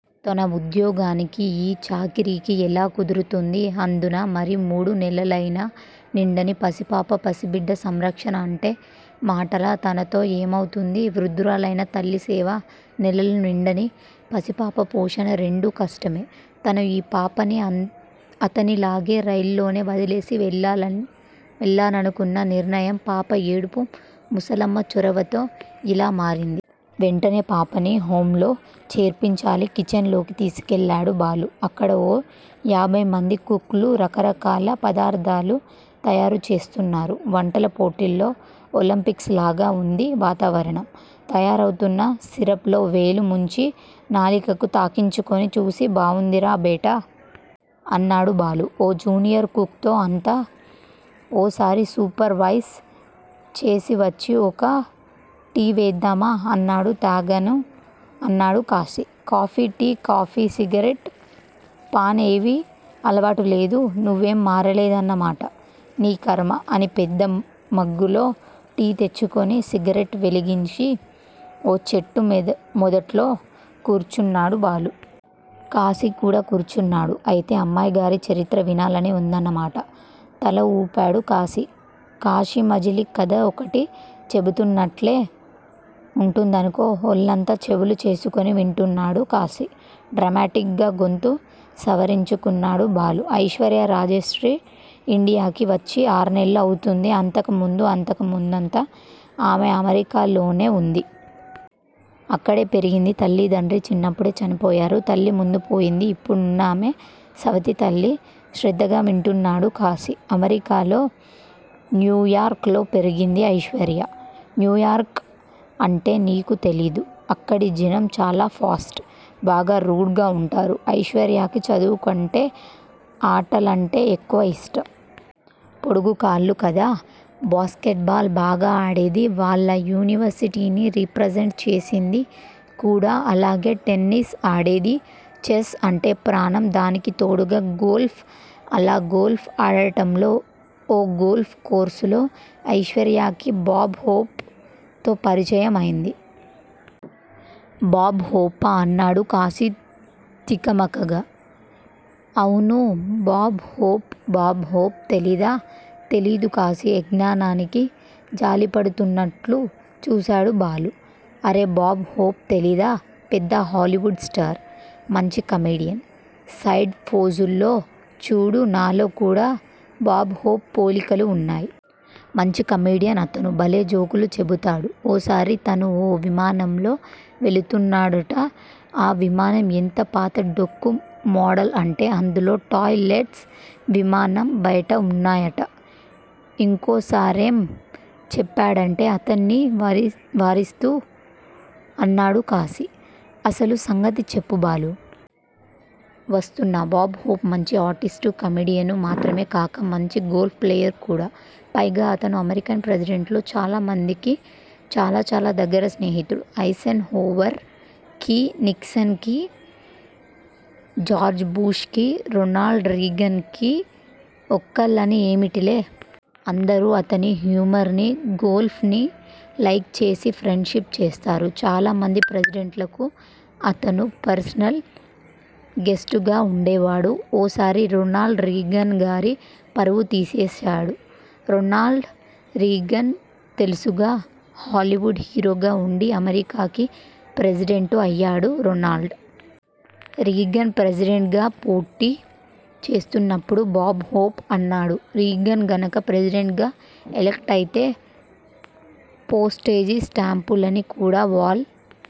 తన ఉద్యోగానికి యీ చాకిరికీ ఎలా కుదురుతుంది. అందునా మరీ మూడు నెలలయినా నిండని పసిపాప! పసిబిడ్డ సంరక్షణ అంటే మాటలా! తనతో ఏమవుతుంది వృద్దురాలైన తల్లి సేవ, నెలలు నిండని పసిపాప పోషణ రెండూ కష్టమే! తను యీ పాపని అన్ అతనిలాగే రైల్లోనే వదిలేసి వెళ్లాలని వెళ్ళాలనుకున్న నిర్ణయం పాప ఏడుపూ ముసలమ్మ చొరవతో యిల మారింది. వెంటనే పాపని హొంలో చేర్పించాలి. కిచెన్ లోకి తీసుకెళ్ళాడు బాలు. అక్కడ ఓ యాభై మంది కుక్ లు రకరకాల పదార్థాలు తయారు చేస్తున్నారు. వంటల పోటీల్లో ఒలింపిక్స్ లాగా ఉంది వాతావరణం. తయారవుతున్న సిరప్ లో వేలు ముంచి నాలికకు తాకించుకుని చూసి బావుందిరా బేటా! అన్నాడు బాలూ ఓ జూనియర్ కుక్ తో. అంతా ఓసారి సూపర్ వైజ్ చేసివచ్చి ఒక టీ వేద్దామా! అన్నాడు. తాగను అన్నాడు Kashi. Coffee tea, coffee, cigarette, paan ఏవీ అలవాటు లేదు నువ్వేం మారలేదన్నమాట! నీ ఖర్మ! అని పెద్ద మగ్గులో టీ తెచ్చుకుని సిగరెట్ వెలిగించి ఓ చెట్టు మెద మొదట్లో కూర్చున్నాడు బాలూ. కాశీ కూడా కూర్చున్నాడు. అయితే అమ్మాయిగారి చరిత్ర వినాలని ఉందన్నమాట! తలఊపాడు కాశీ. కాశీమజిలీ కథ ఒకటి చెబుతున్నట్లే ఉంటుందనుకో! ఒళ్ళంతా చెవులు చేసుకుని వింటున్నాడు కాశీ. డ్రమెటిక్ గా గొంతు సవరించుకున్నాడు బాలూ. ఐశ్వర్య రాజ్యశ్రీ ఇండియాకి వచ్చి ఆర్నెల్లు అవుతోంది అంతకు ముందు అంతకు ముందంతా ఆమె అమెరికాలోనే ఉంది. అక్కడే పెరిగింది. తల్లీతండ్రీ చిన్నప్పుడే చనిపోయారు. తల్లి ముందు పోయింది. ఇప్పుడున్నామె సవతి తల్లి. శ్రద్ధగా వింటున్నాడు కాశీ. అమెరికాలో న్యూయార్క్ లో పెరిగింది ఐశ్వర్య. న్యూయార్క్ అంటే నీకు తెలీదు. అక్కడి జనం చాలా ఫాస్టు. బాగా రూడ్ గా ఉంటారు. ఐశ్వర్యకి చదువుకంటే ఆటలంటే ఎక్కువ ఇష్టం. పొడుగు కాళ్ళు కదా. బాస్కెట్ బాల్ బాగా ఆడేది. వాళ్ళ యూనివర్సిటీని రిప్రజెంట్ చేసింది కూడా. అలాగే టెన్నిస్ ఆడేది. ఛెస్ అంటే ప్రాణం. దానికి తోడుగా గోల్ఫ్ అలా గోల్ఫ్ ఆడటంలో ఓ గోల్ఫ్ కోర్సులో ఐశ్వర్యకి బాబ్ హోప్ తో పరిచయం అయింది. బాబ్ హోపా? అన్నాడు కాశీ తికమకగా. అవును. Bob Hope. బాబ్ హోప్ తెలీదా? తెలీదు కాశీ అజ్ఞానానికి జాలిపడుతున్నట్లు చూశాడు బాలూ. అరె బాబ్ హోప్ తెలీదా! పెద్ద హాలివుడ్ స్టార్. మంచి కమెడియన్. సైడ్ ఫోజుల్లో చూడు. నాలో కూడా బాబ్ హోప్ పోలికలు ఉన్నాయ్. మంచి కమెడియన్ అతను. బలే జోకులు చెబుతాడు. ఓసారి తను ఓ విమానంలో వెళ్తున్నాడుట. ఆ విమానం ఎంత పాత డొక్కు మోడలంటే అందులో టాయ్ లెట్స్ విమానం బయట ఉన్నాయట. ఇంకోసారేం చెప్పాడంటే అతన్ని వారిస్తూ అన్నాడు కాశీ. అసలు సంగతి చెప్పు బాలూ. వస్తున్నా. బాబ్ హోప్ మంచి ఆర్టిస్టూ, కమేడియనూ మాత్రమే కాక మంచి గోల్ఫ్ ప్లేయర్ కూడా. పైగా అతను అమెరికన్ ప్రెసిడెంట్లలో చాలా మందికి చాలా చాలా దగ్గర స్నేహితుడు. ఐసెన్ హోవర్ కి, నిక్సన్ కి, జార్జ్ బుష్ కీ, రొనాల్డ్ రీగన్ కి ఒకళ్ళని ఏమిటిలే. అందరూ అతని హ్యూమర్ నీ, గోల్ఫ్ నీ లైక్ చేసి ఫ్రెండ్ షిప్ చేస్తారు. చాలామంది ప్రెసిడెంట్లకు అతను పర్సనల్ గెస్టుగా ఉండేవాడు. ఓసారి రొనాల్డ్ రీగన్ గారి పరువు తీసేశాడు. రొనాల్డ్ రీగన్ తెలుసుగా. హాలివుడ్ హీరోగా ఉండి అమెరికాకి ప్రెసిడెంటు అయ్యాడు. రోనాల్డ్ రీగన్ ప్రెసిడెంట్ గా పోటీ చేస్తున్నప్పుడు బాబ్ హోప్ అన్నాడూ రీగన్ గనక ప్రెసిడెంట్ గా ఎలెక్ట్ అయితే, పోస్టేజి స్టాంపులని కూడా వాల్